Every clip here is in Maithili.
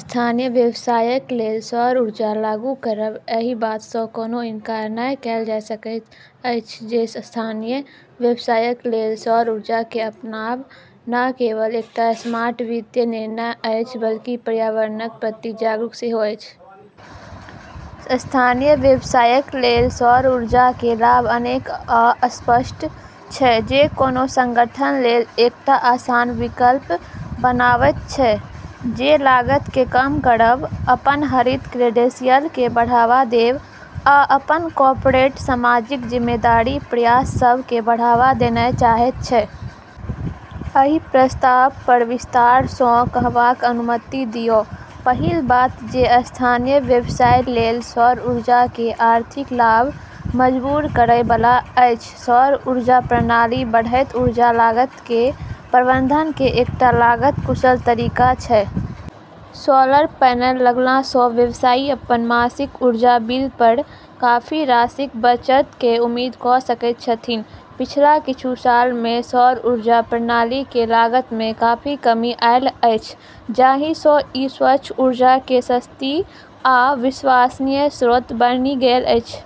स्थानीय व्यवसायक लेल सौर ऊर्जा लागू करब। एहि बात सँ कोनो इनकार नहि कएल जा सकैत अछि जे स्थानीय व्यवसायक लेल सौर ऊर्जा केँ अपनाब न केवल एकटा स्मार्ट वित्तीय निर्णय अछि, बल्कि पर्यावरणक प्रति जागरूक सेहो अछि। स्थानीय व्यवसायक लेल सौर ऊर्जा केर लाभ अनेक आ स्पष्ट छै, जे कोनो संगठन लेल एकटा आसान विकल्प बनावैत छै जे लागत केँ कम करब, अपन हरित क्रेडेंशियल केँ बढ़ावा देब, आ अपन कॉर्पोरेट सामाजिक जिम्मेदारी प्रयास सभ केँ बढ़ावा देनाय चाहैत छै। एहि प्रस्ताव पर विस्तार सँ कहबाक अनुमति दियौ। पहिल बात जे स्थानीय व्यवसाय लेल सौर ऊर्जा केर आर्थिक लाभ मजबूर करै बला अछि। सौर ऊर्जा प्रणाली बढ़ैत ऊर्जा लागत केर प्रबंधन केर एकटा लागत-कुशल तरीका छै। सोलर पैनल लगला सँ व्यवसायी अपन मासिक ऊर्जा बिल पर काफी राशिक बचत केर उम्मीद कऽ सकैत छथिन्। पिछला किछु साल मे सौर ऊर्जा प्रणाली केर लागत मे काफी कमी आयल अछि, जाहि सँ ई स्वच्छ ऊर्जा केर सस्ती आ विश्वसनीय स्रोत बनि गेल अछि।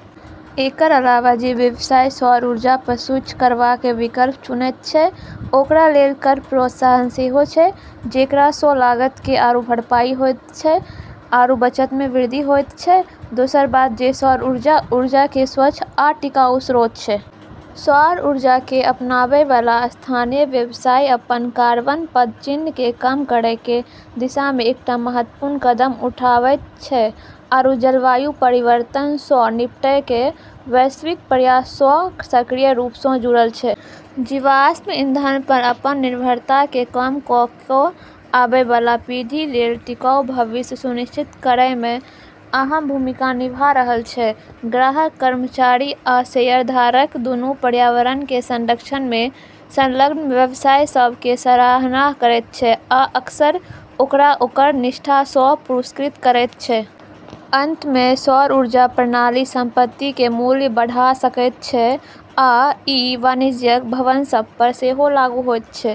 एकर अलावा, जे व्यवसाय सौर ऊर्जा पर स्विच करबाक विकल्प चुनैत छै, ओकरा लेल कर प्रोत्साहन सेहो छै, जेकरा सँ लागत केर आरू भरपाई होइत छै आरू बचत मे वृद्धि होइत छै। दोसर बात जे सौर ऊर्जा ऊर्जा केर स्वच्छ आ टिकाऊ स्रोत छै। सौर ऊर्जा केँ अपनाबै बला स्थानीय व्यवसाय अपन कार्बन पदचिह्न केँ कम करै केर दिशा मे एकटा महत्वपूर्ण कदम उठावैत छै आरू जलवायु परिवर्तन सँ निपटै केर वैश्विक प्रयास सँ सक्रिय रूप सँ जुड़ल छै। जीवाश्म ईंधन पर अपन निर्भरता केँ कम कऽ कऽ आबै बला पीढ़ी लेल टिकाऊ भविष्य सुनिश्चित करै मे अहम भूमिका निभा रहल छै। ग्राहक, कर्मचारी आ शेयरधारक दुनू पर्यावरण केर संरक्षण मे संलग्न व्यवसाय सभ केर सराहना करैत छै आ अक्सर ओकरा ओकर निष्ठा सँ पुरस्कृत करैत छै। अंत मे सौर ऊर्जा प्रणाली संपत्ति केर मूल्य बढ़ा सकैत छै, आ ई वाणिज्यिक भवन सभ पर सेहो लागू होइत छै।